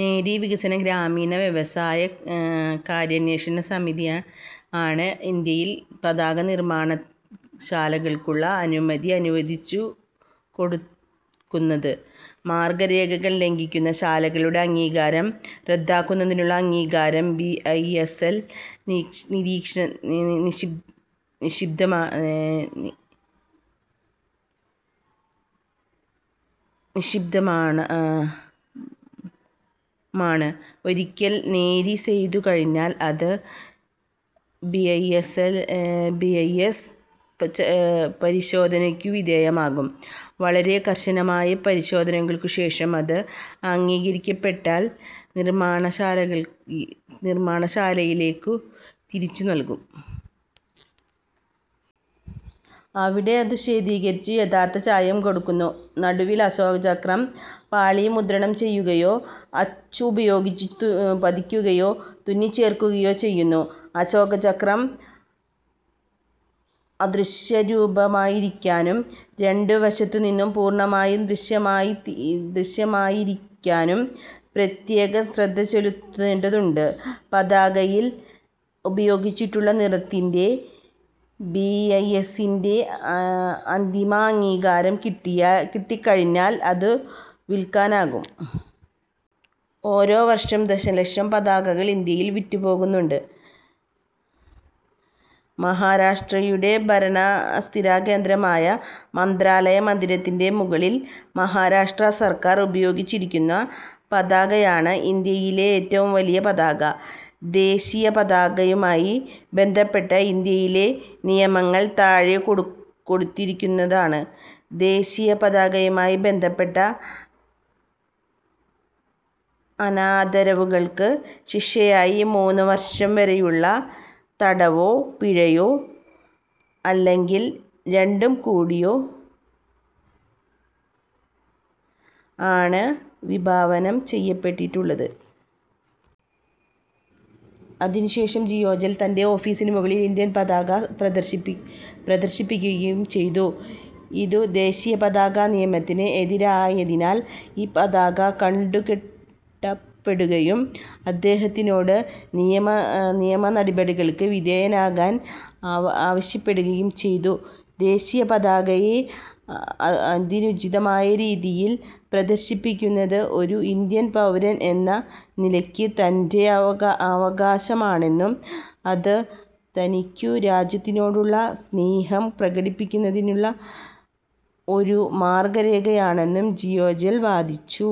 ഖാദി വികസന ഗ്രാമീണ വ്യവസായ കാര്യാന്വേഷണസമിതി, ആണു് ഇന്ത്യയിൽ പതാകനിർമ്മാണശാലകൾക്കുള്ള അനുമതി അനുവദിച്ചുകൊടുക്കുന്നതു്. മാർഗ്ഗരേഖകൾ ലംഘിക്കുന്ന ശാലകളുടെ അംഗീകാരം റദ്ദാക്കുന്നതിനുള്ള അധികാരം ബി. ഐ. എസ്. -ൽ നിക്ഷിപ്തമാണു്. ഒരിക്കൽ ഖാദി നെയ്തു കഴിഞ്ഞാൽ അതു ബി. ഐ. എസ് പരിശോധനയ്ക്കു വിധേയമാക്കും. വളരെ കർശനമായ പരിശോധനകൾക്കു ശേഷം അതു് അംഗീകരിക്കപ്പെട്ടാൽ നിർമ്മാണശാലയിലേക്കു തിരിച്ചയയ്ക്കും. അവിടെ അതു ശ്വേതീകരിച്ചു്, യഥാവിധം ചായം കൊടുക്കുന്നു. നടുവിൽ അശോകചക്രം പാളിമുദ്രണം ചെയ്യുകയോ അച്ചുപയോഗിച്ചു പതിക്കുകയോ തുന്നിച്ചേർക്കുകയോ ചെയ്യുന്നു. അശോകചക്രം അനുരൂപമായിരിക്കാനും രണ്ടു വശത്തുനിന്നും പൂർണ്ണമായും ദൃശ്യമായിരിക്കാനും പ്രത്യേക ശ്രദ്ധ ചെലുത്തേണ്ടതുണ്ടു്. പതാകയിൽ ഉപയോഗിച്ചിട്ടുള്ള നിറങ്ങൾക്കു് ബി. ഐ. എസിന്റെ അന്തിമാംഗീകാരം കിട്ടിക്കഴിഞ്ഞാൽ അതു വിൽക്കാനാകും. ഓരോ വർഷവും ദശലക്ഷം പതാകകൾ ഇന്ത്യയിൽ വിറ്റുപോകുന്നുണ്ട്. മഹാരാഷ്ട്രയുടെ ഭരണസിരാകേന്ദ്രമായ 'മന്ത്രാലയ' മന്ദിരത്തിന്റെ മുകളിൽ മഹാരാഷ്ട്ര സർക്കാർ ഉപയോഗിച്ചിരിക്കുന്ന പതാകയാണു് ഇന്ത്യയിലെ ഏറ്റവും വലിയ പതാക. ദേശീയ പതാകയുമായി ബന്ധപ്പെട്ട ഇന്ത്യയിലെ നിയമങ്ങൾ താഴെ കൊടുത്തിരിക്കുന്നവയാണ്. ദേശീയപതാകയുമായി ബന്ധപ്പെട്ട അനാദരവുകൾക്ക് ശിക്ഷയായി മൂന്നു വർഷം വരെയുള്ള തടവോ പിഴയോ അല്ലെങ്കിൽ രണ്ടും കൂടിയോ ആണ് വിഭാവനം ചെയ്യപ്പെട്ടിട്ടുള്ളത്. അതിനു ശേഷം ജിണ്ടാൽ തന്റെ ഓഫീസിനു മുകളിൽ ഇന്ത്യൻ പതാക പ്രദർശിപ്പിക്കുകയും ചെയ്തു. ഇതു ദേശീയപതാക നിയമത്തിന് എതിരായതിനാൽ ഈ പതാക കണ്ടുകെട്ടപ്പെടുകയും അദ്ദേഹത്തിനോട് നിയമനടപടികൾക്കു വിധേയനാകാൻ ആവശ്യപ്പെടുകയും ചെയ്തു. ദേശീയപതാകയെ അതിനുചിതമായ രീതിയിൽ പ്രദർശിപ്പിക്കുന്നത് ഒരു ഇന്ത്യൻ പൗരൻ എന്ന നിലയ്ക്ക് തന്റെ അവകാശമാണെന്നും അത് തനിക്കു രാജ്യത്തിനോടുള്ള സ്നേഹം പ്രകടിപ്പിക്കാനുള്ള ഒരു മാർഗ്ഗമാണെന്നും ജിണ്ടാൽ വാദിച്ചു.